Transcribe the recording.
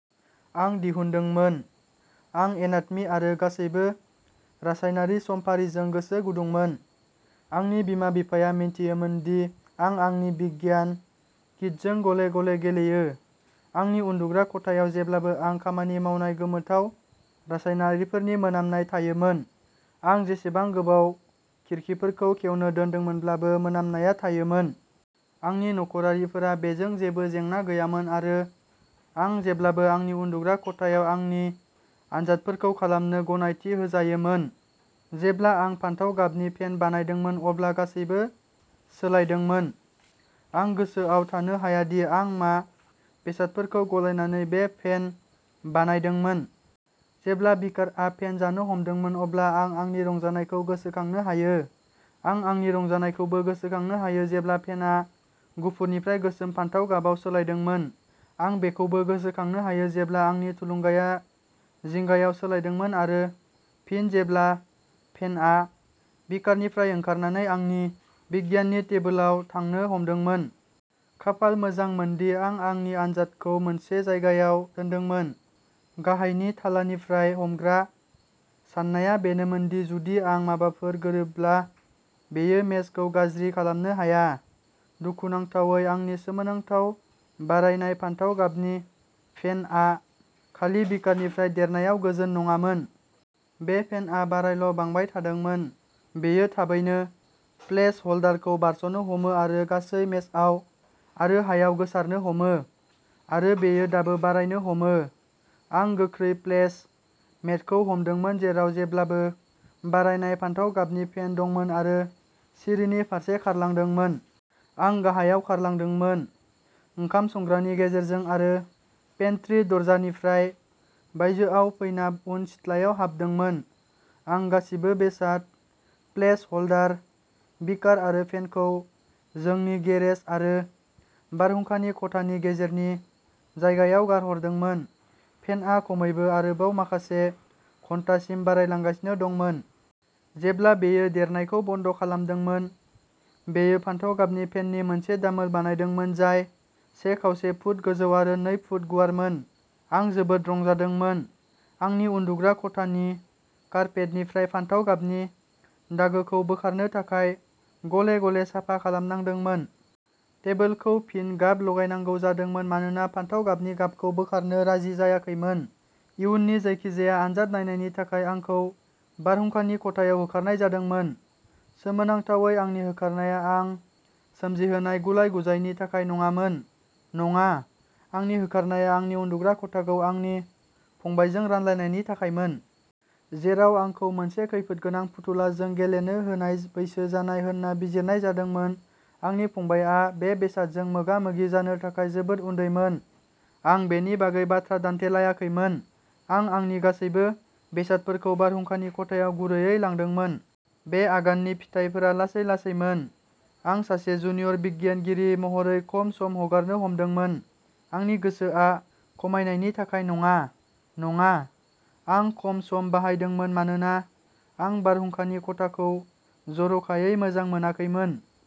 आं दिहुनदोंमोन। आं एनाटमी आरो गासैबो रासायनारि समफारिजों गोसो गुदुंमोन। आंनि बिमा-बिफाया मिथियोमोन दि आं आंनि बिगियान किटजों गले-गले गेलेयो। आंनि उन्दुग्रा खथायाव जेब्लाबो आं खामानि मावनाय गोमोथाव रासायनारिफोरनि मोनामनाय थायोमोन। आं जेसेबां गोबाव खिरखिफोरखौ खेवनो दोनदोंमोनब्लाबो मोनामनाया थायोमोन। आंनि नखरारिफोरा बेजों जेबो जेंना गैयामोन आरो आं जेब्लाबो आंनि उन्दुग्रा खथायाव आंनि आनजादफोरखौ खालामनो गनायथि होजायोमोन। जेब्ला आं फान्थाव गाबनि फेन बानायदोंमोन अब्ला गासैबो सोलायदोंमोन। आं गोसोआव थानो हाया दि आं मा बेसादफोरखौ गलायनानै बे फेन बानायदोंमोन। जेब्ला बीकारआ फेन जानो हमदोंमोन अब्ला आं आंनि रंजानायखौ गोसोखांनो हायो। आं आंनि रंजानायखौबो गोसोखांनो हायो जेब्ला फेनआ गुफुरनिफ्राय गोसोम फान्थाव गाबाव सोलायदोंमोन। आं बेखौबो गोसोखांनो हायो जेब्ला आंनि थुलुंगाया जिंगायाव सोलायदोंमोन आरो फिन जेब्ला फेनआ बीकारनिफ्राय ओंखारनानै आंनि बिगियाननि टेबोलाव थांनो हमदोंमोन। खाफाल मोजां मोनदि आं आंनि आनजादखौ मोनसे जायगायाव दोनदोंमोन। गाहायनि थालानिफ्राय हमग्रा। साननाया बेनोमोन दि जुदि आं माबाफोर गारोब्ला बेयो मेजखौ गाज्रि खालामनो हाया। दुखुनांथावै आंनि सोमोनांथाव बारायनाय फान्थाव गाबनि फेन आ खालि बीकारनिफ्राय देरनायाव गोजोन नङामोन। बे फेनआ बारायल' बांबाय थादोंमोन। बेयो थाबैनो प्लेस ह'ल्डारखौ बारस'नो हमो आरो गासै मेजआव आरो हायाव गोसारनो हमो। आरो बेयो दाबो बारायनो हमो। आं गोख्रै प्लेस मेटखौ हमदोंमोन जेराव जेब्लाबो बारायनाय फान्थाव गाबनि फेन दंमोन आरो सिरिनि फारसे खारलांदोंमोन। आं गाहायाव खारलांदोंमोन, ओंखाम संग्रानि गेजेरजों आरो पेन्ट्री दरजानिफ्राय बायजोआव फैना उन सिथ्लायाव हाबदोंमोन। आं गासिबो बेसाद, प्लेस ह'ल्डार, बीकार आरो फेनखौ जोंनि गेरेज आरो बारहुंखानि खथानि गेजेरनि जायगायाव गारहरदोंमोन। फेनआ खमैबो आरोबाव माखासे घन्टासिम बारायलांगासिनो दंमोन। जेब्ला बेयो देरनायखौ बन्द खालामदोंमोन, बेयो फान्थाव गाबनि फेननि मोनसे दामोल बानायदोंमोन जाय से खावसे फुट गोजौ आरो नै फुट गुवारमोन। आं जोबोद रंजादोंमोन। आंनि उन्दुग्रा खथानि कार्पेटनिफ्राय फान्थाव गाबनि दागोखौ बोखारनो थाखाय गले-गले साफा खालामनांदोंमोन। टेबोलखौ फिन गाब लगायनांगौ जादोंमोन मानोना फान्थाव गाबनि गाबखौ बोखारनो राजि जायाखैमोन। इयुननि जायखिजाया आनजाद नायनायनि थाखाय आंखौ बारहुंखानि खथायाव होखारनाय जादोंमोन। सोमोनांथावै आंनि होखारनाया आं सोमजिहोनाय गुलाय-गुजायनि थाखाय नङामोन। नङा, आंनि होखारनाया आंनि उन्दुग्रा खथाखौ आंनि फंबायजों रानलायनायनि थाखायमोन। जेराव आंखौ मोनसे खैफोदगोनां फुथुलाजों गेलेनो हानाय बैसो जानाय होन्ना बिजिरनाय जादोंमोन, आंनि फंबायआ बे बेसादजों मोगा मोगि जानो थाखाय जोबोद उन्दैमोन। आं बेनि बागै बाथ्रा दान्थेलायाखैमोन। आं आंनि गासैबो बेसादफोरखौ बारहुंखानि खथायाव गुरैयै लांदोंमोन। बे आगाननि फिथाइफोरा लासै-लासैमोन। आं सासे जुनियर बिगियानगिरि महरै खम सम हगारनो हमदोंमोन। आंनि गोसोआ खमायनायनि थाखाय नङा। नङा, आं खम सम बाहायदोंमोन मानोना आं बारहुंखानि खथाखौ जर'खायै मोजां मोनाखैमोन।